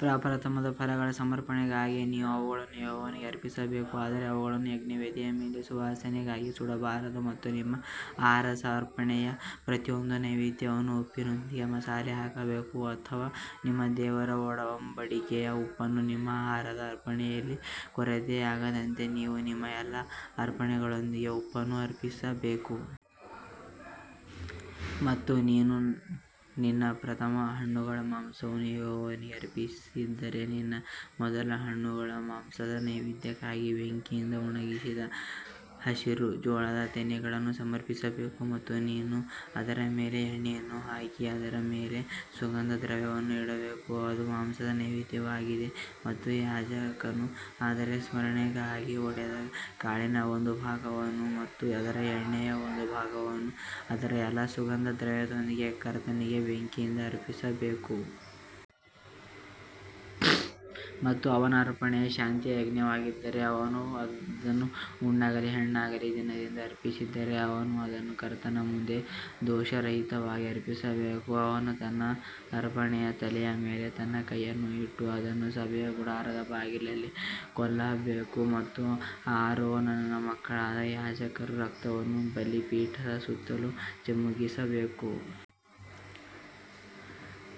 ಪ್ರಪ್ರಥಮ ಫಲಗಳ ಸಮರ್ಪಣೆಗಾಗಿ ನೀವು ಅವುಗಳನ್ನು ಯೆಹೋವನಿಗೆ ಅರ್ಪಿಸಬೇಕು ಆದರೆ ಅವುಗಳನ್ನು ಯಜ್ಞವೇದಿಯ ಮೇಲೆ ಸುವಾಸನೆಗಾಗಿ ಸುಡಬಾರದು. ಮತ್ತು ನಿಮ್ಮ ಆಹಾರದ ಅರ್ಪಣೆಯ ಪ್ರತಿಯೊಂದು ನೈವೇದ್ಯವನ್ನು ಉಪ್ಪಿನೊಂದಿಗೆ ಮಸಾಲೆ ಹಾಕಬೇಕು ಅಥವಾ ನಿಮ್ಮ ದೇವರ ಒಡಂಬಡಿಕೆಯ ಉಪ್ಪನ್ನು ನಿಮ್ಮ ಆಹಾರದ ಅರ್ಪಣೆಯಲ್ಲಿ ಕೊರತೆಯಾಗದಂತೆ ನೀವು ನಿಮ್ಮ ಎಲ್ಲಾ ಅರ್ಪಣೆಗಳೊಂದಿಗೆ ಉಪ್ಪನ್ನು ಅರ್ಪಿಸಬೇಕು. ಮತ್ತು ನೀನು ನಿನ್ನ ಪ್ರಥಮ ಹಣ್ಣುಗಳ ಮಾಂಸವನ್ನು ಯೆಹೋವನಿಗೆ ಅರ್ಪಿಸಿದರೆ, ನಿನ್ನ ಮೊದಲ ಹಣ್ಣುಗಳ ಮಾಂಸದ ನೈವೇದ್ಯಕ್ಕಾಗಿ ಬೆಂಕಿಯಿಂದ ಒಣಗಿದ ಹಸಿರು ಜೋಳದ ತೆನೆಗಳನ್ನು ಸಮರ್ಪಿಸಬೇಕು. ಮತ್ತು ನೀನು ಅದರ ಮೇಲೆ ಎಣ್ಣೆಯನ್ನು ಹಾಕಿ ಅದರ ಮೇಲೆ ಸುಗಂಧ ದ್ರವ್ಯವನ್ನು ಇಡಬೇಕು ಅದು ಮಾಂಸದ ನೈವೇದ್ಯವಾಗಿದೆ ಮತ್ತು ಯಾಜಕನು ಅದರ ಸ್ಮರಣಾರ್ಥವಾಗಿ ಹೊಡೆದ ಕಾಳಿನ ಒಂದು ಭಾಗವನ್ನು ಮತ್ತು ಅದರ ಎಣ್ಣೆಯ ಒಂದು ಭಾಗವನ್ನು ಅದರ ಎಲ್ಲಾ ಸುಗಂಧ ದ್ರವ್ಯಗಳೊಂದಿಗೆ ಕರ್ತನಿಗೆ ಬೆಂಕಿಯಿಂದ ಅರ್ಪಿಸಬೇಕು. ಮತ್ತು ಅವನ ಅರ್ಪಣೆಯು ಶಾಂತಿಯ ಯಜ್ಞವಾಗಿದ್ದರೆ ಅವನು ಅದನ್ನು ಗಂಡಾಗಲಿ ಹೆಣ್ಣಾಗಲಿ ದನದಿಂದ ಅರ್ಪಿಸಿದರೆ ಅವನು ಅದನ್ನು ಕರ್ತನ ಮುಂದೆ ದೋಷರಹಿತವಾಗಿ ಅರ್ಪಿಸಬೇಕು. ಅವನು ತನ್ನ ಅರ್ಪಣೆಯ ತಲೆಯ ಮೇಲೆ ತನ್ನ ಕೈಯನ್ನು ಇಟ್ಟು ಅದನ್ನು ಸಭೆಯ ಗುಡಾರದ ಬಾಗಿಲಲ್ಲಿ ಕೊಲ್ಲಬೇಕು ಮತ್ತು ಆರೋನನ ಮಕ್ಕಳಾದ ಯಾಜಕರು ರಕ್ತವನ್ನು ಬಲಿಪೀಠದ ಸುತ್ತಲೂ ಚಿಮುಕಿಸಬೇಕು.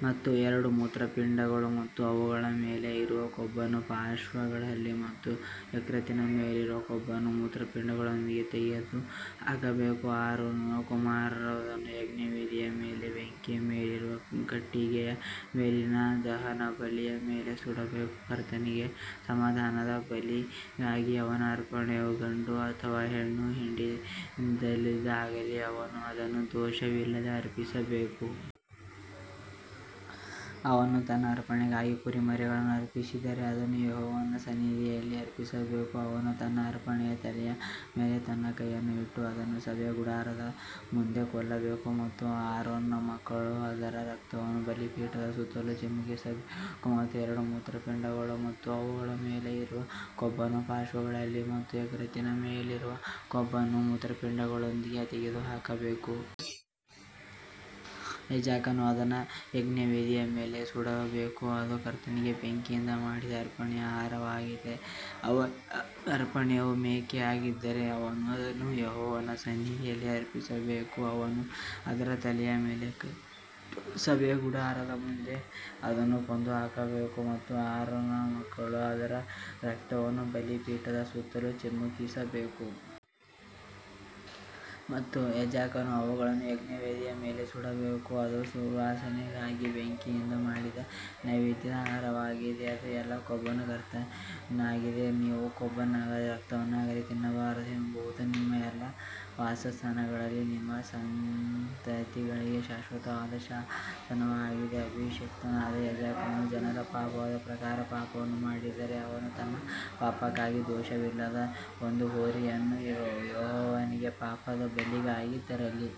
ಮತ್ತು ಎರಡು ಮೂತ್ರಪಿಂಡಗಳು ಮತ್ತು ಅವುಗಳ ಮೇಲೆ ಇರುವ ಕೊಬ್ಬನ್ನು ಪಾರ್ಶ್ವಗಳಲ್ಲಿ ಮತ್ತು ಯಕೃತ್ತಿನ ಮೇಲಿರುವ ಕೊಬ್ಬನ್ನು ಮೂತ್ರಪಿಂಡಗಳೊಂದಿಗೆ ತೆಗೆದುಹಾಕಬೇಕು. ಆರೋನನ ಕುಮಾರರು ಅದನ್ನು ಯಜ್ಞವೇದಿಯ ಮೇಲೆ ಬೆಂಕಿಯ ಮೇಲಿರುವ ಕಟ್ಟಿಗೆಯ ಮೇಲಿರುವ ದಹನಬಲಿಯ ಮೇಲೆ ಸುಡಬೇಕು. ಕರ್ತನಿಗೆ ಸಮಾಧಾನದ ಬಲಿಗಾಗಿ ಅವನ ಅರ್ಪಣೆಯು ಗಂಡು ಅಥವಾ ಹೆಣ್ಣು ಹಿಂಡಿನದ್ದಾಗಿದ್ದರೆ ಅವನು ಅದನ್ನು ದೋಷವಿಲ್ಲದೆ ಅರ್ಪಿಸಬೇಕು. ಅವನು ತನ್ನ ಅರ್ಪಣೆಗಾಗಿ ಕುರಿಮರಿಯನ್ನು ಅರ್ಪಿಸಿದರೆ ಅದನ್ನು ಯೆಹೋವನ ಸನ್ನಿಧಿಯಲ್ಲಿ ಅರ್ಪಿಸಬೇಕು ಅವನು ತನ್ನ ಅರ್ಪಣೆಯ ತಲೆಯ ಮೇಲೆ ತನ್ನ ಕೈಯನ್ನು ಇಟ್ಟು ಅದನ್ನು ಸಭೆಯ ಗುಡಾರದ ಮುಂದೆ ಕೊಲ್ಲಬೇಕು ಮತ್ತು ಆರೋನನ ಮಕ್ಕಳು ಅದರ ರಕ್ತವನ್ನು ಬಲಿಪೀಠದ ಸುತ್ತಲೂ ಚಿಮುಕಿಸಬೇಕು. ಮತ್ತು ಎರಡು ಮೂತ್ರಪಿಂಡಗಳು ಮತ್ತು ಅವುಗಳ ಮೇಲೆ ಇರುವ ಕೊಬ್ಬನ್ನು ಪಾರ್ಶ್ವಗಳಲ್ಲಿ ಮತ್ತು ಯಕೃತ್ತಿನ ಮೇಲಿರುವ ಕೊಬ್ಬನ್ನು ಮೂತ್ರಪಿಂಡಗಳೊಂದಿಗೆ ತೆಗೆದುಹಾಕಬೇಕು. ಯಾಜಕನು ಅದನ್ನು ಯಜ್ಞವೇದಿಯ ಮೇಲೆ ಸುಡಬೇಕು ಅದು ಕರ್ತನಿಗೆ ಬೆಂಕಿಯಿಂದ ಮಾಡಿದ ಅರ್ಪಣೆಯ ಆಹಾರವಾಗಿದೆ. ಅವನ ಅರ್ಪಣೆಯು ಮೇಕೆಯಾಗಿದ್ದರೆ ಅವನು ಅದನ್ನು ಯೆಹೋವನ ಸನ್ನಿಧಿಯಲ್ಲಿ ಅರ್ಪಿಸಬೇಕು ಅವನು ಅದರ ತಲೆಯ ಮೇಲೆ ಕೈಯಿಟ್ಟು ಸಭೆಯ ಗುಡಾರದ ಮುಂದೆ ಅದನ್ನು ಕೊಂದು ಹಾಕಬೇಕು ಮತ್ತು ಆರೋನನ ಮಕ್ಕಳು ಅದರ ರಕ್ತವನ್ನು ಬಲಿಪೀಠದ ಸುತ್ತಲೂ ಚಿಮುಕಿಸಬೇಕು. ಮತ್ತು ಯಾಜಕನು ಅವುಗಳನ್ನು ಯಜ್ಞವೇದಿಯ ಮೇಲೆ ಸುಡಬೇಕು, ಅದು ಸುವಾಸನೆಗಾಗಿ ಬೆಂಕಿಯಿಂದ ಮಾಡಿದ ನೈವೇದ್ಯದ ಆಹಾರವಾಗಿದೆ, ಅದು ಎಲ್ಲಾ ಕೊಬ್ಬನ್ನು ಕರ್ತನಾಗಿದೆ. ನೀವು ಕೊಬ್ಬನ್ನಾಗಲಿ ರಕ್ತವನ್ನಾಗಲಿ ತಿನ್ನಬಾರದು ಎಂಬುದು ನಿಮ್ಮ ಎಲ್ಲಾ ವಾಸಸ್ಥಾನಗಳಲ್ಲಿ ನಿಮ್ಮ ಸಂತತಿಗಳಿಗೆ ಶಾಶ್ವತವಾದ ಶಾಸನವಾಗಿದೆ. ಅಭಿಷಿಕ್ತನಾದ ಯಾಜಕನು ಜನರ ಪಾಪದ ಪ್ರಕಾರ ಪಾಪವನ್ನು ಮಾಡಿದರೆ ಅವನು ತನ್ನ ಪಾಪಕ್ಕಾಗಿ ದೋಷವಿಲ್ಲದ ಒಂದು ಹೋರಿಯನ್ನು ಯೆಹೋವನಿಗೆ ಪಾಪದ ಬಲಿಗಾಗಿ ತರಲಿ.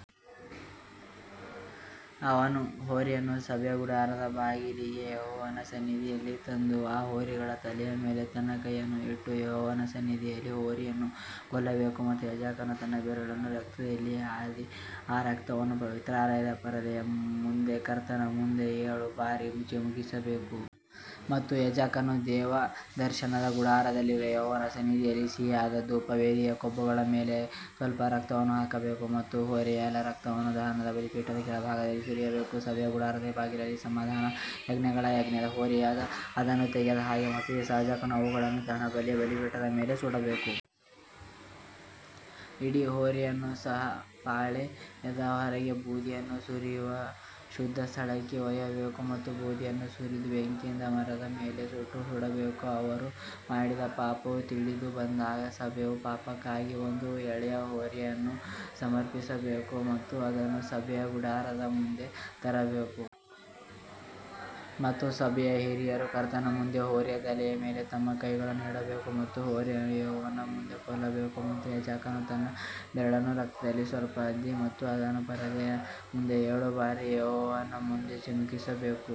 ಅವನು ಹೋರಿಯನ್ನು ಸಭೆಯ ಗುಡಾರದ ಬಾಗಿಲಿಗೆ ಯೆಹೋವನ ಸನ್ನಿಧಿಯಲ್ಲಿ ತಂದು ಆ ಹೋರಿಗಳ ತಲೆಯ ಮೇಲೆ ತನ್ನ ಕೈಯನ್ನು ಇಟ್ಟು ಯೆಹೋವನ ಸನ್ನಿಧಿಯಲ್ಲಿ ಹೋರಿಯನ್ನು ಕೊಲ್ಲಬೇಕು. ಮತ್ತು ಯಾಜಕನು ತನ್ನ ಬೆರಳನ್ನು ರಕ್ತದಲ್ಲಿ ಅದ್ದಿ ಆ ರಕ್ತವನ್ನು ಪವಿತ್ರಾಲಯದ ಪರದೆಯ ಮುಂದೆ ಕರ್ತನ ಮುಂದೆ ಏಳು ಬಾರಿ ಚಿಮುಕಿಸಬೇಕು. ಮತ್ತು ಯಾಜಕನು ದೇವದರ್ಶನದ ಗುಡಾರದಲ್ಲಿರುವ ಯೆಹೋವನ ಸನ್ನಿಧಿಯಲ್ಲಿ ಸಿಹಿಯಾದ ಧೂಪವೇದಿಯ ಕೊಂಬುಗಳ ಮೇಲೆ ಸ್ವಲ್ಪ ರಕ್ತವನ್ನು ಹಾಕಬೇಕು ಮತ್ತು ಹೋರಿಯ ಎಲ್ಲಾ ರಕ್ತವನ್ನು ದಹನ ಬಲಿಪೀಠದ ಕೆಳಭಾಗದಲ್ಲಿ ಸುರಿಯಬೇಕು. ಸಭೆಯ ಗುಡಾರದ ಬಾಗಿಲಲ್ಲಿ ಸಮಾಧಾನಯಜ್ಞಗಳ ಯಜ್ಞದ ಹೋರಿಯಿಂದ ಅದನ್ನು ತೆಗೆದ ಹಾಗೆ ಮತ್ತು ಯಾಜಕನು ಅವುಗಳನ್ನು ದಹನಬಲಿಯ ಬಲಿಪೀಠದ ಮೇಲೆ ಸುಡಬೇಕು. ಇಡೀ ಹೋರಿಯನ್ನು ಸಹ ಪಾಳೆಯದ ಹೊರಗೆ ಬೂದಿಯನ್ನು ಸುರಿಯುವ ಶುದ್ಧ ಸ್ಥಳಕ್ಕೆ ಒಯ್ಯಬೇಕು ಮತ್ತು ಬೂದಿಯನ್ನು ಸುರಿದು ಬೆಂಕಿಯಿಂದ ಮರದ ಮೇಲೆ ಸುಟ್ಟು ಸುಡಬೇಕು. ಅವರು ಮಾಡಿದ ಪಾಪವು ತಿಳಿದುಬಂದಾಗ ಸಭೆಯು ಪಾಪಕ್ಕಾಗಿ ಒಂದು ಎಳೆಯ ಹೋರಿಯನ್ನು ಸಮರ್ಪಿಸಬೇಕು ಮತ್ತು ಅದನ್ನು ಸಭೆಯ ಗುಡಾರದ ಮುಂದೆ ತರಬೇಕು. ಮತ್ತು ಸಭೆಯ ಹಿರಿಯರು ಕರ್ತನ ಮುಂದೆ ಹೋರಿಯ ತಲೆಯ ಮೇಲೆ ತಮ್ಮ ಕೈಗಳನ್ನು ಇಡಬೇಕು ಮತ್ತು ಹೋರಿಯನ್ನು ಯೆಹೋವನ ಮುಂದೆ ಕೊಲ್ಲಬೇಕು. ಮತ್ತು ಯಾಜಕನು ತನ್ನ ಬೆರಳನ್ನು ರಕ್ತದಲ್ಲಿ ಸ್ವಲ್ಪ ಅದ್ದಿ ಮತ್ತು ಅದನ್ನು ಪರದೆಯ ಮುಂದೆ ಏಳು ಬಾರಿ ಯೆಹೋವನ ಮುಂದೆ ಚಿಮುಕಿಸಬೇಕು.